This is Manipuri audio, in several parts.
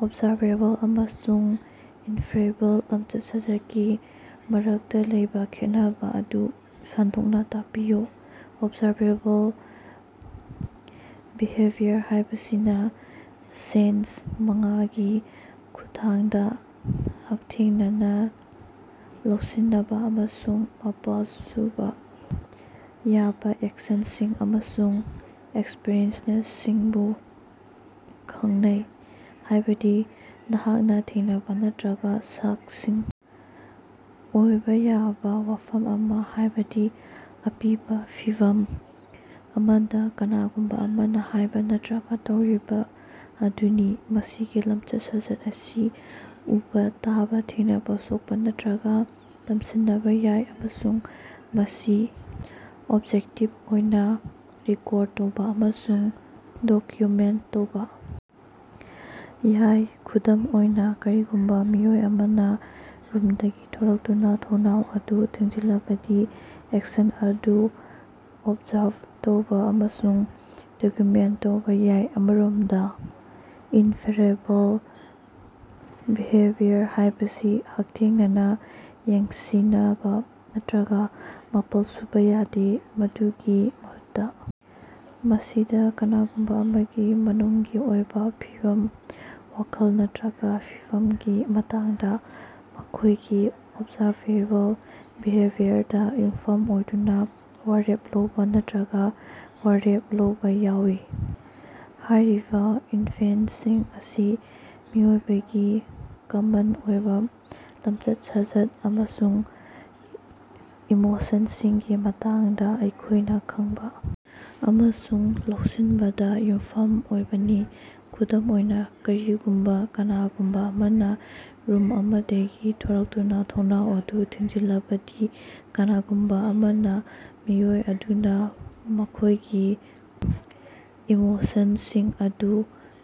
"ꯑꯣꯕꯖꯥꯔꯕꯦꯕꯜ " ꯑꯃꯁꯨꯡ "ꯏꯟꯐꯦꯔꯦꯕꯜ " ꯂꯝꯆꯠ-ꯁꯥꯖꯠꯀꯤ ꯃꯔꯛꯇ ꯂꯩꯕ ꯈꯦꯠꯅꯕ ꯑꯗꯨ ꯁꯟꯗꯣꯛꯅ ꯇꯥꯛꯄꯤꯌꯨ꯫ "ꯑꯣꯕꯖꯥꯔꯕꯦꯕꯜ ꯕꯤꯍꯦꯕꯤꯌꯔ" ꯍꯥꯏꯕꯁꯤꯅ ꯁꯦꯟꯁ ꯃꯉꯥꯒꯤ ꯈꯨꯠꯊꯥꯡꯗ ꯍꯛꯊꯦꯡꯅꯅꯥ ꯂꯧꯁꯤꯅꯕ ꯑꯃꯁꯨꯡ ꯃꯥꯄꯜ ꯁꯨꯕ ꯌꯥꯕ ꯑꯦꯛꯁꯟꯁꯤꯡ ꯑꯃꯁꯨꯡ ꯑꯦꯛꯁꯞꯔꯦꯁꯅꯁꯤꯡꯕꯨ ꯈꯪꯅꯩ, ꯍꯥꯏꯕꯗꯤ ꯅꯍꯥꯛꯅ ꯊꯦꯡꯅꯕ ꯅꯠꯇ꯭ꯔꯒ ꯁꯥꯛꯁꯤ ꯑꯣꯏꯕ ꯌꯥꯕ ꯋꯥꯐꯝ ꯑꯃꯥ, ꯍꯥꯏꯕꯗꯤ ꯑꯄꯤꯕ ꯐꯤꯚꯝ ꯑꯃꯗꯥ ꯀꯅꯥꯒꯨꯝꯕꯥ ꯑꯃꯅꯥ ꯍꯥꯏꯕ ꯅꯠꯇ꯭ꯔꯒ ꯇꯧꯔꯤꯕꯥ ꯑꯗꯨꯅꯤ꯫ ꯃꯁꯤꯒꯤ ꯂꯝꯆꯠ-ꯁꯥꯖꯠ ꯑꯁꯤ ꯎꯕꯥ, ꯇꯥꯕ, ꯊꯦꯡꯅꯕ, ꯁꯣꯛꯄ ꯅꯠꯇ꯭ꯔꯒ ꯇꯝꯁꯤꯟꯅꯕ ꯌꯥꯏ ꯑꯃꯁꯨꯡ ꯃꯁꯤ ꯑꯣꯕꯖꯦꯛꯇꯤꯚ ꯑꯣꯏꯅ ꯔꯦꯀꯣꯔꯗ ꯇꯧꯕ ꯑꯃꯁꯨꯡ ꯗꯣꯛꯌꯨꯃꯦꯟꯠ ꯇꯧꯕ ꯌꯥꯏ꯫ ꯈꯨꯗꯝ ꯑꯣꯏꯅ, ꯀꯔꯤꯒꯨꯝꯕ ꯃꯤꯑꯣꯏ ꯑꯃꯅꯥ ꯔꯨꯝꯗꯒꯤ ꯊꯣꯔꯛꯇꯨꯅ ꯊꯣꯡꯅꯥꯎ ꯑꯗꯨ ꯊꯤꯡꯖꯤꯜꯂꯕꯗꯤ, ꯑꯦꯛꯁꯟ ꯑꯗꯨ ꯑꯣꯕꯖꯥꯔꯚ ꯇꯧꯕ ꯑꯃꯁꯨꯡ ꯗꯣꯛꯌꯨꯃꯦꯟꯇ ꯇꯧꯕ ꯌꯥꯏ꯫ ꯑꯃꯔꯣꯝꯗ "ꯏꯟꯐꯦꯔꯦꯕꯜ ꯕꯤꯍꯦꯕꯤꯌꯔ" ꯍꯥꯏꯕꯁꯤ ꯍꯛꯊꯦꯡꯅꯅꯥ ꯌꯦꯡꯁꯤꯅꯕ ꯅꯠꯇ꯭ꯔꯒꯥ ꯃꯥꯄꯜ ꯁꯨꯕ ꯌꯥꯗꯦ꯫ ꯃꯗꯨꯒꯤ ꯃꯍꯨꯠꯇꯥ, ꯃꯁꯤꯗ ꯀꯅꯥꯒꯨꯝꯕ ꯑꯃꯒꯤ ꯃꯅꯨꯡꯒꯤ ꯑꯣꯏꯕ ꯐꯤꯚꯝ, ꯋꯥꯈꯜ ꯅꯠꯇ꯭ꯔꯒ ꯐꯤꯚꯝꯒꯤ ꯃꯇꯥꯡꯗ, ꯃꯈꯣꯏꯒꯤ ꯑꯣꯕꯖꯥꯔꯕꯦꯕꯜ ꯕꯤꯍꯦꯕꯤꯌꯔꯗꯥ ꯌꯨꯝꯐꯝ ꯑꯣꯏꯗꯨꯅ ꯋꯥꯔꯦꯞ ꯂꯧꯕ ꯅꯠꯇ꯭ꯔꯒ ꯋꯥꯔꯦꯞ ꯂꯧꯕ ꯌꯥꯎꯏ꯫ ꯍꯥꯏꯔꯤꯕ ꯏꯟꯐꯦꯟꯁꯁꯤꯡ ꯑꯁꯤ ꯃꯤꯑꯣꯏꯕꯒꯤ ꯀꯃꯟ ꯑꯣꯏꯕ ꯂꯝꯆꯠ-ꯁꯥꯖꯠ ꯑꯃꯁꯨꯡ ꯏꯃꯣꯁꯟꯁꯤꯡꯒꯤ ꯃꯇꯥꯡꯗꯥ ꯑꯩꯈꯣꯏꯅ ꯈꯪꯕꯥ ꯑꯃꯁꯨꯡ ꯂꯧꯁꯤꯟꯕꯗꯥ ꯌꯨꯝꯐꯝ ꯑꯣꯏꯕꯅꯤ ꯈꯨꯗꯝ ꯑꯣꯏꯅ, ꯀꯔꯤꯒꯨꯝꯕꯥ ꯀꯅꯥꯒꯨꯝꯕꯥ ꯑꯃꯅꯥ ꯔꯨꯝ ꯑꯃꯗꯒꯤ ꯊꯣꯔꯛꯇꯨꯅꯥ ꯊꯣꯡꯅꯥꯎ ꯑꯗꯨ ꯊꯤꯡꯖꯤꯜꯂꯕꯗꯤ, ꯀꯅꯥꯒꯨꯝꯕ ꯑꯃꯥꯅ ꯃꯤꯑꯣꯏ ꯑꯗꯨꯅ ꯃꯈꯣꯏꯒꯤ ꯏꯃꯣꯁꯟꯁꯤꯡ ꯑꯗꯨ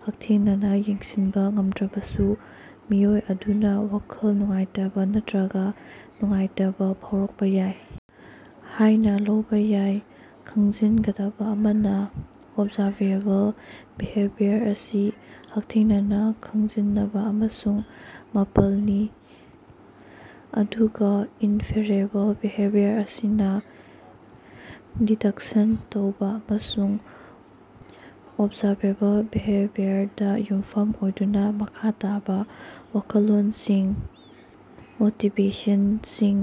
ꯍꯛꯊꯦꯡꯅꯅꯥ ꯌꯦꯡꯁꯤꯟꯕ ꯉꯝꯗ꯭ꯔꯕꯁꯨ, ꯃꯤꯑꯣꯏ ꯑꯗꯨꯅ ꯋꯥꯈꯜ ꯅꯨꯡꯉꯥꯏꯇꯕ ꯅꯠꯇ꯭ꯔꯒꯥ ꯅꯨꯡꯉꯥꯏꯇꯕ ꯐꯥꯎꯔꯛꯄ ꯌꯥꯏ ꯍꯥꯏꯅ ꯂꯧꯕ ꯌꯥꯏ꯫ ꯈꯪꯖꯟꯒꯗꯕ ꯑꯃꯅꯥ, ꯑꯣꯕꯖꯥꯔꯕꯦꯕꯜ ꯕꯤꯍꯦꯕꯤꯌꯔ ꯑꯁꯤ ꯍꯛꯊꯦꯡꯅꯅꯥ ꯈꯪꯖꯤꯟꯅꯕꯥ ꯑꯃꯁꯨꯡ ꯃꯥꯄꯜꯅꯤ ꯑꯗꯨꯒꯥ ꯏꯟꯐꯦꯔꯦꯕꯜ ꯕꯤꯍꯦꯕꯤꯌꯔ ꯑꯁꯤꯅꯥ ꯗꯤꯗꯛꯁꯟ ꯇꯧꯕ ꯑꯃꯁꯨꯡ ꯑꯣꯕꯖꯥꯔꯕꯦꯕꯜ ꯕꯤꯍꯦꯕꯤꯌꯔꯗꯥ ꯌꯨꯝꯐꯝ ꯑꯣꯏꯗꯨꯅ ꯃꯈꯥ ꯇꯥꯕꯥ ꯋꯥꯈꯜꯂꯣꯟꯁꯤꯡ, ꯃꯣꯇꯤꯕꯦꯁꯟꯁꯤꯡ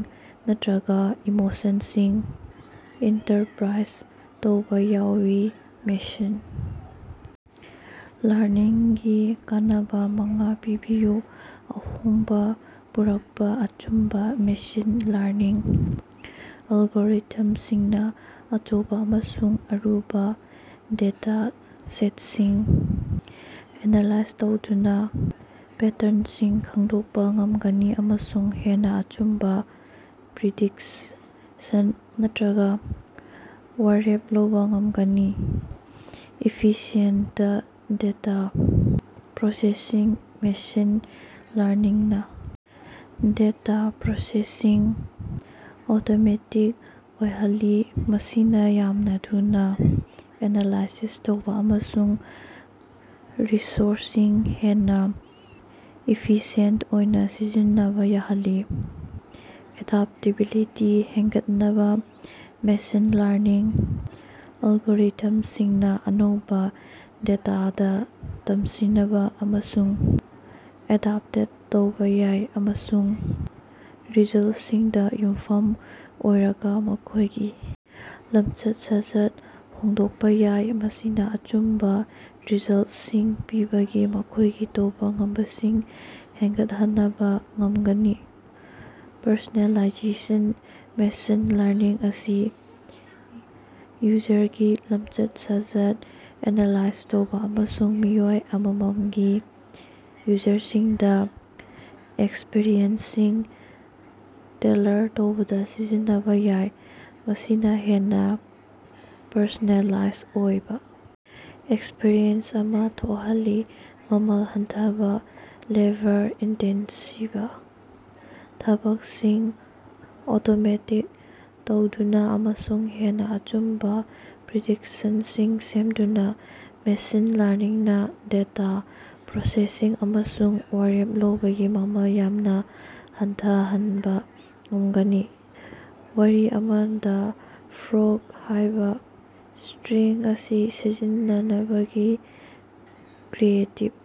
ꯅꯠꯇ꯭ꯔꯒ ꯏꯃꯣꯁꯟꯁꯤꯡ ꯏꯟꯇꯔꯞꯔꯥꯏꯖ ꯇꯧꯕ ꯌꯥꯎꯏ꯫ ꯃꯦꯁꯤꯟ ꯂꯔꯅꯤꯡꯒꯤ ꯀꯥꯟꯅꯕ ꯃꯉꯥ ꯄꯤꯕꯤꯌꯨ꯫ ꯑꯍꯣꯡꯕ ꯄꯨꯔꯛꯄ ꯑꯆꯨꯝꯕ ꯃꯦꯁꯤꯟ ꯂꯔꯅꯤꯡ ꯑꯦꯂꯒꯣꯔꯤꯊꯝꯁꯤꯡꯅ ꯑꯆꯧꯕ ꯑꯃꯁꯨꯡ ꯑꯔꯨꯕ ꯗꯦꯇꯥ ꯁꯦꯠꯁꯤꯡ ꯑꯦꯅꯥꯂꯥꯏꯖ ꯇꯧꯗꯨꯅꯥ ꯄꯦꯇꯔꯅꯁꯤꯡ ꯈꯪꯗꯣꯛꯄ ꯉꯝꯒꯅꯤ ꯑꯃꯁꯨꯡ ꯍꯦꯟꯅꯥ ꯑꯆꯨꯝꯕ ꯄ꯭ꯔꯤꯗꯤꯛꯁꯟ ꯅꯠꯇ꯭ꯔꯒ ꯋꯥꯔꯦꯞ ꯂꯧꯕ ꯉꯝꯒꯅꯤ꯫ ꯏꯐꯤꯁꯤꯌꯦꯟꯇ ꯗꯦꯇꯥ ꯄ꯭ꯔꯣꯁꯦꯁꯤꯡ: ꯃꯦꯁꯤꯟ ꯂꯔꯅꯤꯡꯅꯥ ꯗꯦꯇꯥ ꯄ꯭ꯔꯣꯁꯦꯁꯤꯡ ꯑꯣꯇꯣꯃꯦꯇꯤꯛ ꯑꯣꯏꯍꯜꯂꯤ, ꯃꯁꯤꯅꯥ ꯌꯥꯝꯅ ꯊꯨꯅꯥ ꯑꯦꯅꯥꯂꯥꯏꯁꯤꯁ ꯇꯧꯕ ꯑꯃꯁꯨꯡ ꯔꯤꯁꯣꯔꯁꯁꯤꯡ ꯍꯦꯟꯅꯥ ꯏꯐꯤꯁꯤꯌꯦꯟꯇ ꯑꯣꯏꯅ ꯁꯤꯖꯤꯟꯅꯕ ꯌꯥꯍꯜꯂꯤ꯫ ꯑꯦꯗꯥꯞꯇꯦꯕꯤꯂꯤꯇꯤ ꯍꯦꯟꯒꯠꯅꯕ ꯃꯦꯁꯤꯟ ꯂꯔꯅꯤꯡ ꯑꯦꯂꯒꯣꯔꯤꯊꯝꯁꯤꯡꯅꯥ ꯑꯅꯧꯕꯥ ꯗꯦꯇꯥꯗꯥ ꯇꯝꯁꯤꯅꯕ ꯑꯃꯁꯨꯡ ꯑꯦꯗꯞꯇꯦꯠ ꯇꯧꯕ ꯌꯥꯏ, ꯑꯃꯁꯨꯡ ꯔꯤꯖꯜꯇꯁꯤꯡꯗ ꯌꯨꯃꯐꯝ ꯑꯣꯏꯔꯒ ꯃꯈꯣꯏꯒꯤ ꯂꯝꯆꯠ-ꯁꯥꯖꯠ ꯍꯣꯡꯗꯣꯛꯄ ꯌꯥꯏ, ꯃꯁꯤꯅꯥ ꯑꯆꯨꯝꯕ ꯔꯤꯖꯜꯇꯁꯤꯡ ꯄꯤꯕꯒꯤ ꯃꯈꯣꯏꯒꯤ ꯇꯧꯕ ꯉꯝꯕꯁꯤꯡ ꯍꯦꯟꯒꯠꯍꯅꯕ ꯉꯝꯒꯅꯤ꯫ ꯄꯔꯁꯣꯅꯦꯂꯥꯏꯖꯦꯁꯟ: ꯃꯦꯁꯤꯟ ꯂꯔꯅꯤꯡ ꯑꯁꯤ ꯌꯨꯖꯔꯒꯤ ꯂꯝꯆꯠ-ꯁꯥꯖꯠ ꯑꯦꯅꯥꯂꯥꯏꯖ ꯇꯧꯕꯥ ꯑꯃꯁꯨꯡ ꯃꯤꯑꯣꯏ ꯑꯃꯃꯝꯒꯤ ꯌꯨꯖꯔꯁꯤꯡꯗꯥ ꯑꯦꯛꯁꯄꯔꯤꯌꯦꯟꯁꯁꯤꯡ ꯇꯦꯜꯂꯔ ꯇꯧꯕꯗꯥ ꯁꯤꯖꯤꯟꯅꯕꯥ ꯌꯥꯏ, ꯃꯁꯤꯅ ꯍꯦꯟꯅꯥ ꯄꯔꯁꯣꯅꯦꯂꯥꯏꯖ ꯑꯣꯏꯕ ꯑꯦꯛꯁꯄꯔꯤꯌꯦꯟꯁ ꯑꯃꯥ ꯊꯣꯛꯍꯜꯂꯤ꯫ ꯃꯃꯜ ꯍꯟꯊꯕ ꯂꯦꯕꯔ-ꯏꯟꯇꯦꯟꯁꯤꯕ ꯊꯕꯛꯁꯤꯡ ꯑꯣꯇꯣꯃꯦꯇꯤꯛ ꯇꯧꯗꯨꯅꯥ ꯑꯃꯁꯨꯡ ꯍꯦꯟꯅꯥ ꯑꯆꯨꯝꯕ ꯄ꯭ꯔꯤꯗꯤꯛꯁꯟꯁꯤꯡ ꯁꯦꯝꯗꯨꯅꯥ ꯃꯦꯁꯤꯟ ꯂꯔꯅꯤꯡꯅꯥ ꯗꯦꯇꯥ ꯄ꯭ꯔꯣꯁꯦꯁꯤꯡ ꯑꯃꯁꯨꯡ ꯋꯥꯔꯦꯞ ꯂꯧꯕꯒꯤ ꯃꯃꯜ ꯌꯥꯝꯅ ꯍꯟꯊꯍꯅꯕꯥ ꯉꯝꯒꯅꯤ꯫ ꯋꯥꯔꯤ ꯑꯃꯥꯗ "ꯐ꯭ꯔꯣꯒ" ꯍꯥꯏꯕ ꯁ꯭ꯠꯔꯤꯡ ꯑꯁꯤ ꯁꯤꯖꯤꯟꯅꯅꯕꯒꯤ ꯀ꯭ꯔꯤꯌꯦꯇꯤꯚ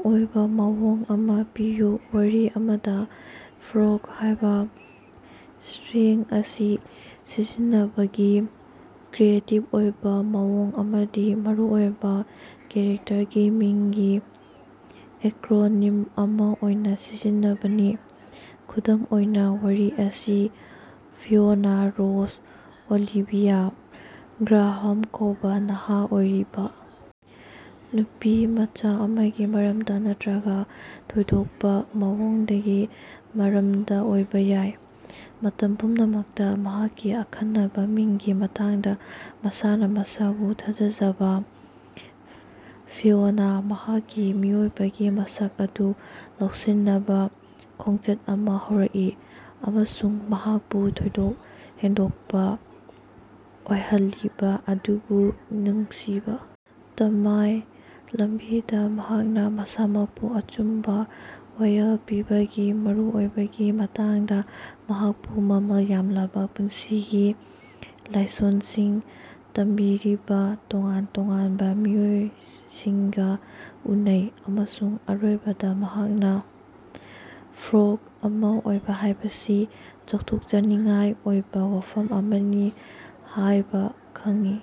ꯑꯣꯏꯕ ꯃꯑꯣꯡ ꯑꯃꯥ ꯄꯤꯌꯨ꯫ ꯋꯥꯔꯤ ꯑꯃꯗꯥ "ꯐ꯭ꯔꯣꯒ" ꯍꯥꯏꯕ ꯁ꯭ꯠꯔꯤꯡ ꯑꯁꯤ ꯁꯤꯖꯤꯟꯅꯕꯒꯤ ꯀ꯭ꯔꯤꯌꯦꯇꯤꯚ ꯑꯣꯏꯕ ꯃꯑꯣꯡ ꯑꯃꯗꯤ ꯃꯔꯨꯑꯣꯏꯕ ꯀꯦꯔꯦꯛꯇꯔꯒꯤ ꯃꯤꯡꯒꯤ ꯑꯦꯛꯔꯣꯅꯤꯝ ꯑꯃꯥ ꯑꯣꯏꯅꯥ ꯁꯤꯖꯤꯟꯅꯕꯅꯤ꯫ ꯈꯨꯗꯝ ꯑꯣꯏꯅ, ꯋꯥꯔꯤ ꯑꯁꯤ ꯐꯤꯑꯣꯅꯥ ꯔꯣꯖ ꯑꯣꯂꯤꯚꯤꯌꯥ ꯒ꯭ꯔꯥꯍꯥꯝ ꯀꯧꯕ ꯅꯍꯥ ꯑꯣꯏꯔꯤꯕ ꯅꯨꯄꯤꯃꯆꯥ ꯑꯃꯒꯤ ꯃꯔꯝꯗ ꯅꯠꯇ꯭ꯔꯒ ꯊꯣꯏꯗꯣꯛꯄ ꯃꯑꯣꯡꯗꯒꯤ ꯃꯔꯝꯗꯥꯑꯣꯏꯕ ꯌꯥꯏ꯫ ꯃꯇꯝ ꯄꯨꯝꯅꯃꯛꯇ ꯃꯍꯥꯛꯀꯤ ꯑꯈꯟꯅꯕ ꯃꯤꯡꯒꯤ ꯃꯇꯥꯡꯗ ꯃꯁꯥꯅꯥ ꯃꯁꯥꯕꯨ ꯊꯥꯖꯖꯕ ꯐꯤꯑꯣꯅꯥ ꯃꯍꯥꯛꯀꯤ ꯃꯤꯑꯣꯏꯕꯒꯤ ꯃꯁꯛ ꯑꯗꯨ ꯂꯧꯁꯤꯟꯅꯕ ꯈꯣꯡꯆꯠ ꯑꯃꯥ ꯍꯧꯔꯛꯏ ꯑꯃꯁꯨꯡ ꯃꯍꯥꯛꯄꯨ ꯊꯣꯏꯗꯣꯛ ꯍꯦꯟꯗꯣꯛꯄ ꯑꯣꯏꯍꯜꯂꯤꯕꯥ ꯑꯗꯨꯕꯨ ꯅꯨꯡꯁꯤꯕꯥ ꯇꯃꯥꯏ꯫ ꯂꯝꯕꯤꯗꯥ ꯃꯍꯥꯛꯅꯥ ꯃꯁꯥꯃꯛꯄꯨ ꯑꯆꯨꯝꯕ ꯋꯥꯌꯦꯜ ꯄꯤꯕꯒꯤ ꯃꯔꯨꯑꯣꯏꯕꯒꯤ ꯃꯇꯥꯡꯗ ꯃꯍꯥꯛꯄꯨ ꯃꯃꯜ ꯌꯥꯝꯂꯕ ꯄꯨꯟꯁꯤꯒꯤ ꯂꯥꯏꯁꯣꯟꯁꯤꯡ ꯇꯝꯕꯤꯔꯤꯕ ꯇꯣꯉꯥꯟ ꯇꯣꯉꯥꯟꯕ ꯃꯤꯑꯣꯏꯁꯤꯡꯒ ꯎꯅꯩ, ꯑꯃꯁꯨꯡ ꯑꯔꯣꯏꯕꯗ ꯃꯍꯥꯛꯅꯥ "ꯐ꯭ꯔꯣꯒ" ꯑꯃꯥ ꯑꯣꯏꯕ ꯍꯥꯏꯕꯁꯤ ꯆꯥꯎꯊꯣꯛꯆꯅꯤꯡꯉꯥꯏ ꯑꯣꯏꯕ ꯋꯥꯐꯝ ꯑꯃꯅꯤ ꯍꯥꯏꯕ ꯈꯪꯏ꯫